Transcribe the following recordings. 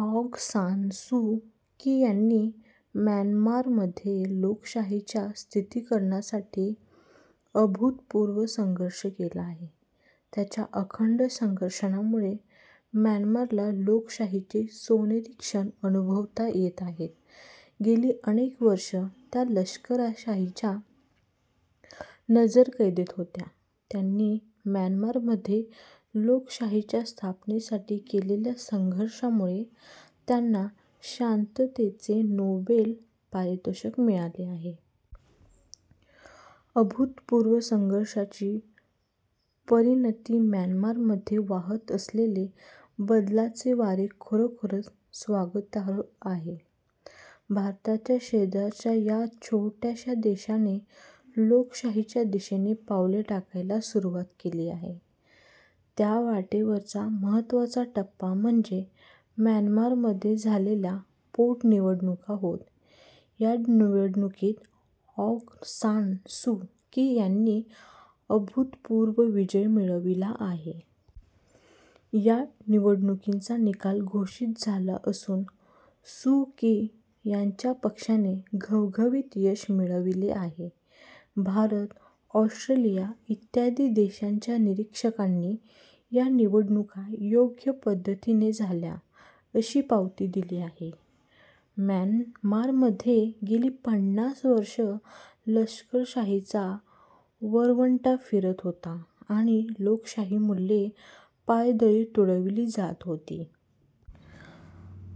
आँग San Suu Kyi यांनी म्यानमारमध्ये लोकशाहीच्या स्थितीकरणासाठी अभूतपूर्व संघर्ष केला आहे. त्यांच्या अखंड संघर्षामुळे म्यानमारला लोकशाहीचे सोनेरी क्षण अनुभवता येत आहेत. गेली अनेक वर्षे त्या लष्करशाहीच्या नजरकैदेत होत्या. त्यांनी म्यानमारमध्ये लोकशाहीच्या स्थापनेसाठी केलेल्या संघर्षामुळे त्यांना शांततेचे नोबेल पारितोषिक मिळाले आहे. अभूतपूर्व संघर्षाची परिणती म्यानमारमध्ये वाहत असलेले बदलाचे वारे खरोखरच स्वागतार्ह आहे. भारताच्या शेजारच्या या छोट्याशा देशाने लोकशाहीच्या दिशेने पावले टाकायला सुरूवात केली आहे. त्या वाटेवरचा महत्वाचा टप्पा म्हणजे म्यानमारमध्ये झालेल्या पोटनिवडणुका होत. या निवडणुकीत आँग सान सू की यांनी अभूतपूर्व विजय मिळविला आहे. या निवडणुकींचा निकाल घोषित झाला असून सू की यांच्या पक्षाने घवघवीत यश मिळविले आहे. भारत, ऑस्ट्रेलिया इत्यादी देशांच्या निरीक्षकांनी या निवडणुका योग्य पद्धतीने झाल्या, अशी पावती दिली आहे. म्यानमारमध्ये गेली पन्नास वर्ष लष्करशाहीचा वरवंटा फिरत होता आणि लोकशाही मूल्ये पायदळी तुडविली जात होती.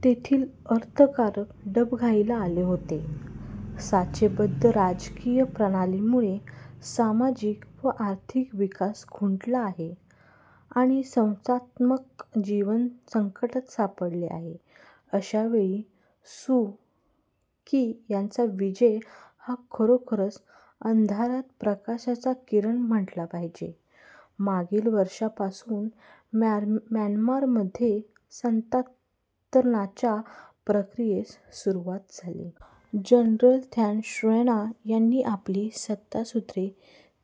तेथील अर्थकारण डबघाईला आले होते. साचेबद्ध राजकीय प्रणालीमुळे सामाजिक व आर्थिक विकास खुंटला आहे आणि संस्थात्मक जीवन संकटात सापडले आहे. अशावेळी सू की यांचा विजय हा खरोखरच अंधारात प्रकाशाचा किरण म्हटला पाहिजे. मागील वर्षापासून म्यानमारमध्ये सत्तांतरणाच्या प्रक्रियेस सुरूवात झाली. जनरल थॅन श्वेना यांनी आपली सत्तासूत्रे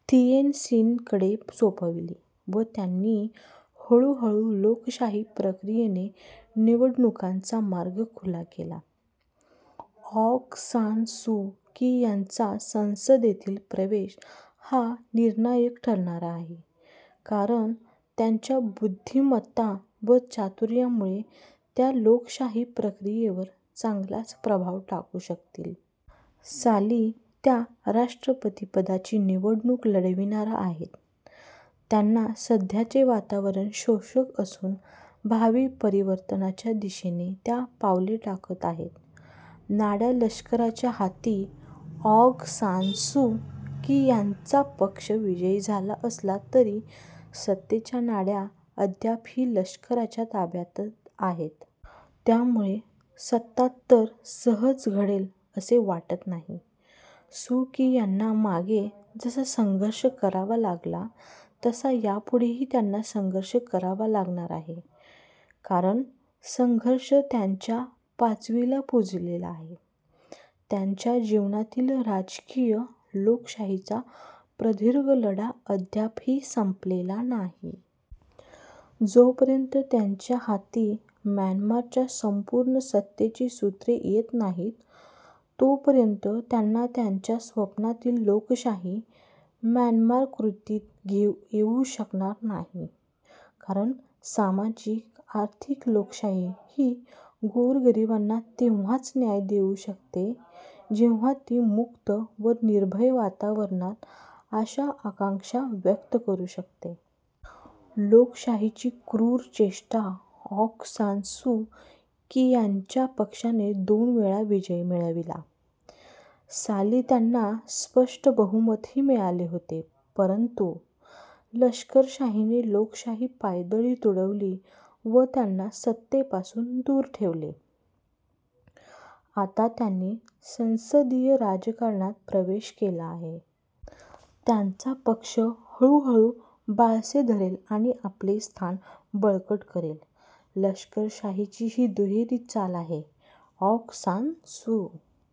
थिएन सिनकडे सोपविली व त्यांनी हळू-हळू लोकशाही प्रक्रियेने निवडणुकांचा मार्ग खुला केला. आँग सान सू की यांचा संसदेतील प्रवेश हा निर्णायक ठरणारा आहे. कारण त्यांच्या बुद्धिमत्ता व चातुर्यामुळे त्या लोकशाही प्रक्रियेवर चांगलाच प्रभाव टाकू शकतील. साली त्या राष्ट्रपतीपदाची निवडणूक लढविणार आहेत. त्यांना सध्याचे वातावरण शोषक असून भावी परिवर्तनाच्या दिशेने त्या पावले टाकत आहेत. नाड्या लष्कराच्या हाती आँग सान सू की यांचा पक्ष विजयी झाला असला तरी सत्तेच्या नाड्या अद्यापही लष्कराच्या ताब्यात आहेत. त्यामुळे सत्तांतर सहज घडेल असे वाटत नाही. सू की यांना मागे जसा संघर्ष करावा लागला तसा यापुढेही त्यांना संघर्ष करावा लागणार आहे. कारण संघर्ष त्यांच्या पाचवीला पूजलेला आहे. त्यांच्या जीवनातील राजकीय लोकशाहीचा प्रदीर्घ लढा अद्यापही संपलेला नाही. जोपर्यंत त्यांच्या हाती म्यानमारच्या संपूर्ण सत्तेची सूत्रे येत नाहीत तोपर्यंत त्यांना त्यांच्या स्वप्नातील लोकशाही म्यानमार कृतीत येऊ शकणार नाही. कारण सामाजिक, आर्थिक, लोकशाही ही गोरगरिबांना तेव्हाच न्याय देऊ शकते जेव्हा ती मुक्त व निर्भय वातावरणात आशा आकांक्षा व्यक्त करू शकते. लोकशाहीची क्रूर चेष्टा आँग सान सू की यांच्या पक्षाने दोन वेळा विजय मिळविला. साली त्यांना स्पष्ट बहुमतही मिळाले होते. परंतु लष्करशाहीने लोकशाही पायदळी तुडविली व त्यांना सत्तेपासून दूर ठेवले. आता त्यांनी संसदीय राजकारणात प्रवेश केला आहे. त्यांचा पक्ष हळूहळू बाळसे धरेल आणि आपले स्थान बळकट करेल. लष्करशाहीची ही दुहेरी चाल आहे. ऑग सान सू